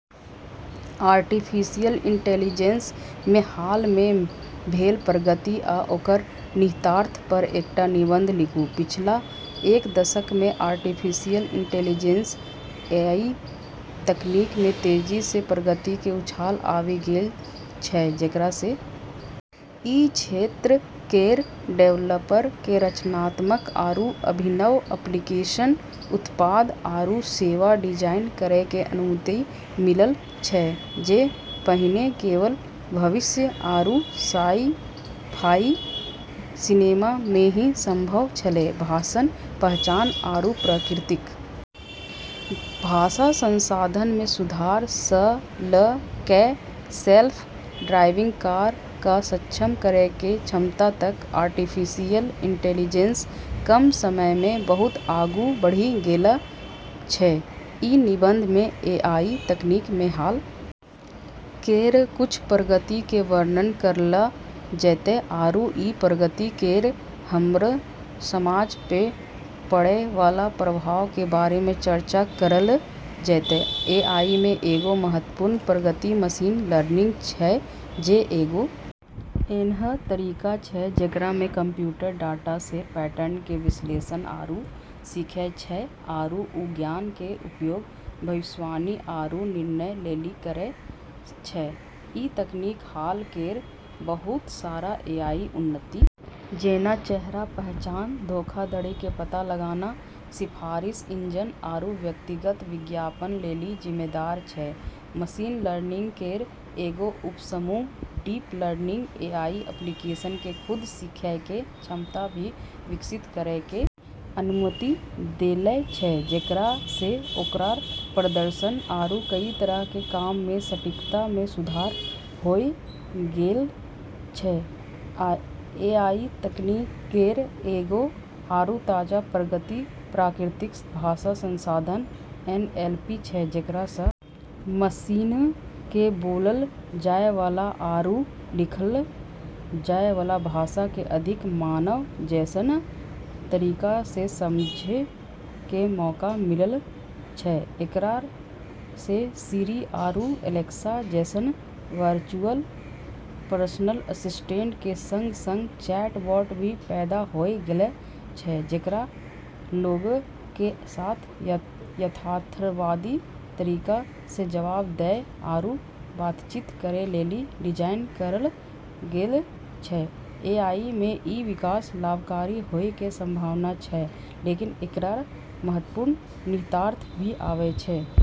Artificial intelligence मे हाल मे भेल प्रगति आ ओकर निहितार्थ पर एकटा निबंध लिखू, पिछला एक दशक मे आर्टिफिशियल इंटेलिजेंस एआई तकनीक मे तेजी से प्रगति के उछाल आबी गेलऽ छै जेकरा से ई क्षेत्र केरऽ डेवलपर के रचनात्मक आरू अभिनव एप्लीकेशन, उत्पाद, आरू सेवा डिजाइन करै के अनुमति मिललऽ छै जे पहिने केवल भविष्य आरू साइ-फाई सिनेमा मे ही संभव छेलै, भाषण पहचान आरू प्राकृतिक भाषा संसाधन मे सुधार स ल कै सेल्फ ड्राइविंग कार क सक्षम करै के क्षमता तक आर्टिफिशियल इंटेलिजेंस कम समय मे बहुत आगू बढ़ी गेलऽ छै, ई निबंध मे एआई तकनीक मे हाल केरऽ कुछ प्रगति के वर्णन करलऽ जैतै आरू ई प्रगति केरऽ हमरऽ समाज पे पड़ै वाला प्रभाव के बारे मे चर्चा करलऽ जैतै, एआई मे एगो महत्वपूर्ण प्रगति मशीन लर्निंग छै जे एगो ऐन्हऽ तरीका छै जेकरा मे कंप्यूटर डाटा से पैटर्न के विश्लेषण आरू सीखै छै आरू उ ज्ञान के उपयोग भविष्यवाणी आरू निर्णय लेली करै छै, ई तकनीक हाल केरऽ बहुत सारा एआई उन्नति जेना चेहरा पहचान, धोखाधड़ी के पता लगाना, सिफारिश इंजन आरू व्यक्तिगत विज्ञापन लेली जिम्मेदार छै, मशीन लर्निंग केरऽ एगो उपसमूह डीप लर्निंग एआई एप्लीकेशन के खुद सीखै के क्षमता भी विकसित करै के अनुमति देले छै जेकरा से ओकरऽ प्रदर्शन आरू कई तरह के काम मे सटीकता मे सुधार होय गेलऽ छै, एआई तकनीक केरऽ एगो आरू ताजा प्रगति प्राकृतिक भाषा संसाधन एनएलपी छै जेकरा स मशीनऽ के बोललऽ जाय वाला आरू लिखलऽ जाय वाला भाषा के अधिक मानव जैसनऽ तरीका से समझ के मौका मिललऽ छै, एकरा से सिरी आरू एलेक्सा जैसनऽ वर्चुअल पर्सनल असिस्टेंट के संग-संग चैटबॉट भी पैदा होय गेलऽ छै जेकरा लोगऽ के साथ यथार्थवादी तरीका से जवाब दै आरू बातचीत करै लेली डिजाइन करलऽ गेलऽ छै, एआई मे ई विकास लाभकारी होय के संभावना छै, लेकिन एकरऽ महत्वपूर्ण निहितार्थ भी आबै छै।